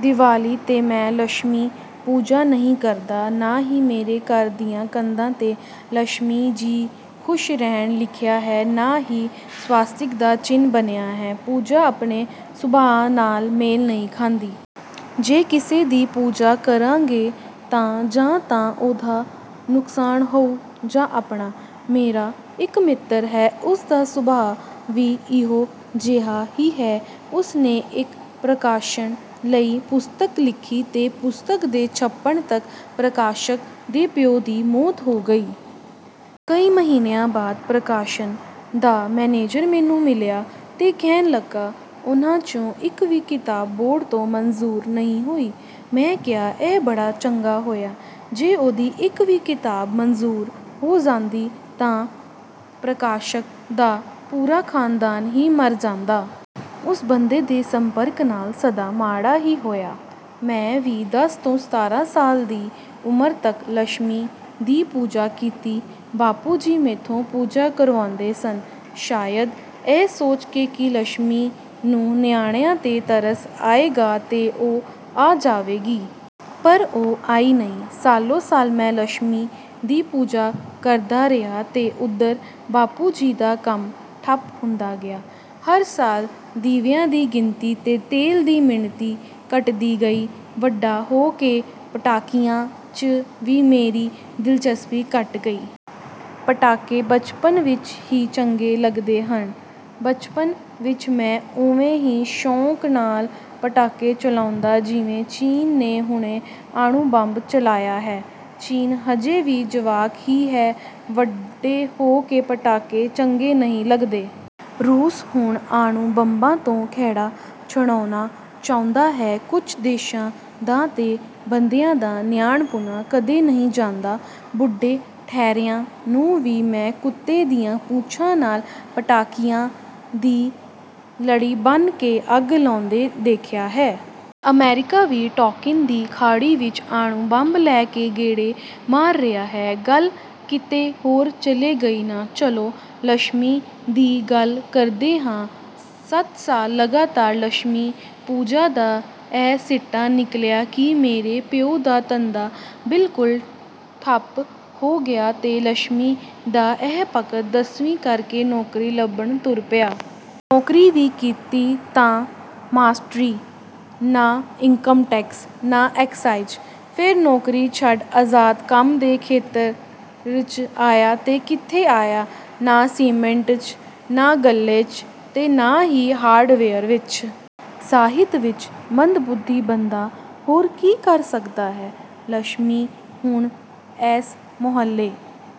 ਦਿਵਾਲੀ ਤੇ ਮੈਂ ਲੱਛਮੀ ਪੂਜਾ ਨਹੀਂ ਕਰਦਾ। ਨਾਂ ਹੀ ਮੇਰੇ ਘਰ ਦੀਆਂ ਕੰਧਾਂ ਤੇ 'ਲੱਛਮੀ ਜੀ ਖੁਸ਼ ਰਹਿਣ' ਲਿਖਿਆ ਹੈ ਨਾਂ ਹੀ ਸਵਾਸਤਿਕ ਦਾ ਚਿੰਨ ਬਣਿਆ ਹੈ। ਪੂਜਾ ਆਪਣੇ ਸੁਭਾਅ ਨਾਲ ਮੇਲ ਨਹੀਂ ਖਾਂਦੀ। ਜੇ ਕਿਸੇ ਦੀ ਪੂਜਾ ਕਰਾਂਗੇ ਤਾਂ ਜਾਂ ਤਾਂ ਉਹਦਾ ਨੁਕਸਾਨ ਹੋਊ ਜਾਂ ਆਪਣਾ। ਮੇਰਾ ਇੱਕ ਮਿੱਤਰ ਹੈ ਉਸਦਾ ਸੁਭਾਅ ਵੀ ਇਹੋ ਜਿਹਾ ਹੀ ਹੈ। ਉਸਨੇ ਇੱਕ ਪ੍ਰਕਾਸ਼ਨ ਲਈ ਪੁਸਤਕ ਲਿਖੀ ਅਤੇ ਪੁਸਤਕ ਦੇ ਛਪਣ ਤੱਕ ਪ੍ਰਕਾਸ਼ਕ ਦੇ ਪਿਉ ਦੀ ਮੌਤ ਹੋ ਗਈ। ਕਈ ਮਹੀਨਿਆਂ ਬਾਅਦ ਪ੍ਰਕਾਸ਼ਨ ਦਾ ਮੈਨੇਜਰ ਮੈਨੂੰ ਮਿਲ਼ਿਆ, ਤੇ ਕਹਿਣ ਲੱਗਾ ਉਹਨਾਂ 'ਚੋਂ ਇੱਕ ਵੀ ਕਿਤਾਬ ਬੋਰਡ ਤੋਂ ਮਨਜ਼ੂਰ ਨਹੀਂ ਹੋਈ। ਮੈਂ ਕਿਹਾ ਇਹ ਬੜਾ ਚੰਗਾ ਹੋਇਆ। ਜੇ ਉਹਦੀ ਇੱਕ ਵੀ ਕਿਤਾਬ ਮਨਜ਼ੂਰ ਹੋ ਜਾਂਦੀ ਤਾਂ ਪ੍ਰਕਾਸ਼ਕ ਦਾ ਪੂਰਾ ਖਾਨਦਾਨ ਹੀ ਮਰ ਜਾਂਦਾ। ਓਸ ਬੰਦੇ ਦੇ ਸੰਪਰਕ ਨਾਲ਼ ਸਦਾ ਮਾੜਾ ਹੀ ਹੋਇਆ। ਮੈਂ ਵੀ ਦਸ ਤੋਂ ਸਤਾਰ੍ਹਾਂ ਸਾਲ ਦੀ ਉਮਰ ਤੱਕ ਲੱਛਮੀ ਦੀ ਪੂਜਾ ਕੀਤੀ। ਬਾਪੂ ਜੀ ਮੈਥੋਂ ਪੂਜਾ ਕਰਵਾਉਂਦੇ ਸਨ। ਸ਼ਾਇਦ ਇਹ ਸੋਚਕੇ ਕਿ ਲੱਛਮੀ ਨੂੰ ਨਿਆਣਿਆਂ ਤੇ ਤਰਸ ਆਏਗਾ ਤੇ ਉਹ ਆ ਜਾਵੇਗੀ। ਪਰ ਉਹ ਆਈ ਨਹੀਂ। ਸਾਲੋ-ਸਾਲ ਮੈਂ ਲੱਛਮੀ ਦੀ ਪੂਜਾ ਕਰਦਾ ਰਿਹਾ ਤੇ ਓਧਰ ਬਾਪੂ ਜੀ ਦਾ ਕੰਮ ਠੱਪ ਹੁੰਦਾ ਗਿਆ। ਹਰ ਸਾਲ ਦੀਵਿਆਂ ਦੀ ਗਿਣਤੀ ਤੇ ਤੇਲ ਦੀ ਮਿਣਤੀ ਘਟਦੀ ਗਈ। ਵੱਡਾ ਹੋ ਕੇ ਪਟਾਕਿਆਂ 'ਚ ਵੀ ਮੇਰੀ ਦਿਲਚਸਪੀ ਘਟ ਗਈ। ਪਟਾਕੇ ਬਚਪਨ ਵਿੱਚ ਹੀ ਚੰਗੇ ਲੱਗਦੇ ਹਨ। ਬਚਪਨ ਵਿੱਚ ਮੈਂ ਉਵੇਂ ਹੀ ਸ਼ੌਂਕ ਨਾਲ਼ ਪਟਾਕੇ ਚਲਾਉਂਦਾ ਜਿਵੇਂ ਚੀਨ ਨੇ ਹੁਣੇ ਅਣੂ ਬੰਬ ਚਲਾਇਆ ਹੈ। ਚੀਨ ਹਜੇ ਵੀ ਜਵਾਕ ਹੀ ਹੈ। ਵੱਡੇ ਹੋ ਕੇ ਪਟਾਕੇ ਚੰਗੇ ਨਹੀਂ ਲੱਗਦੇ। ਰੂਸ ਹੁਣ ਅਣੂ ਬੰਬਾਂ ਤੋਂ ਖਹਿੜਾ ਛਡਾਉਣਾ ਚਾਹੁੰਦਾ ਹੈ। ਕੁਝ ਦੇਸ਼ਾਂ ਦਾ ਤੇ ਬੰਦਿਆਂ ਦਾ ਨਿਆਣਪੁਣਾ ਕਦੀ ਨਹੀਂ ਜਾਂਦਾ। ਬੁੱਢੇ ਠੇੈਰਿਆਂ ਨੂੰ ਵੀ ਮੈਂ ਕੁੱਤੇ ਦੀਆਂ ਪੂਛਾਂ ਨਾਲ਼ ਪਟਾਕਿਆਂ ਦੀ ਲੜੀ ਬੰਨ ਕੇ ਅੱਗ ਲਾਉਂਦੇ ਦੇਖਿਆ ਹੈ। ਅਮਰੀਕਾ ਵੀ ਟੋਕਿਨ ਦੀ ਖਾੜੀ ਵਿੱਚ ਅਣੂ ਬੰਬ ਲੈ ਕੇ ਗੇੜੇ ਮਾਰ ਰਿਹਾ ਹੈ। ਗੱਲ ਕਿਤੇ ਹੋਰ ਚਲੀ ਗਈ ਨਾ? ਚਲੋ, ਲੱਛਮੀ ਦੀ ਗੱਲ ਕਰਦੇ ਹਾਂ। ਸੱਤ ਸਾਲ ਲਗਾਤਾਰ ਲੱਛਮੀ ਪੂਜਾ ਦਾ ਇਹ ਸਿੱਟਾ ਨਿੱਕਲਿਆ ਕਿ ਮੇਰੇ ਪਿਉ ਦਾ ਧੰਦਾ ਬਿਲਕੁਲ ਠੱਪ ਹੋ ਗਿਆ ਤੇ ਲੱਛਮੀ ਦਾ ਇਹ 'ਭਗਤ' ਦਸਵੀਂ ਕਰਕੇ ਨੌਕਰੀ ਲੱਭਣ ਤੁਰ ਪਿਆ। ਨੌਕਰੀ ਵੀ ਕੀਤੀ ਤਾਂ ਮਾਸਟਰੀ। ਨਾਂ ਇਨਕਮ ਟੈਕਸ ਨਾਂ ਐਕਸਾਈਜ। ਫਿਰ ਨੌਕਰੀ ਛੱਡ ਅਜ਼ਾਦ ਕੰਮ ਦੇ ਖੇਤਰ 'ਚ ਆਇਆ, ਤੇ ਕਿੱਥੇ ਆਇਆ? ਨਾਂ ਸੀਮਿੰਟ 'ਚ, ਨਾਂ ਗੱਲੇ 'ਚ ਤੇ ਨਾਂ ਹੀ ਹਾਰਡਵੇਅਰ ਵਿੱਚ। ਸਾਹਿਤ ਵਿੱਚ! ਮੰਦਬੁੱਧੀ ਬੰਦਾ ਹੋਰ ਕੀ ਕਰ ਸਕਦਾ? ਲੱਛਮੀ ਹੁਣ ਏਸ ਮੁਹੱਲੇ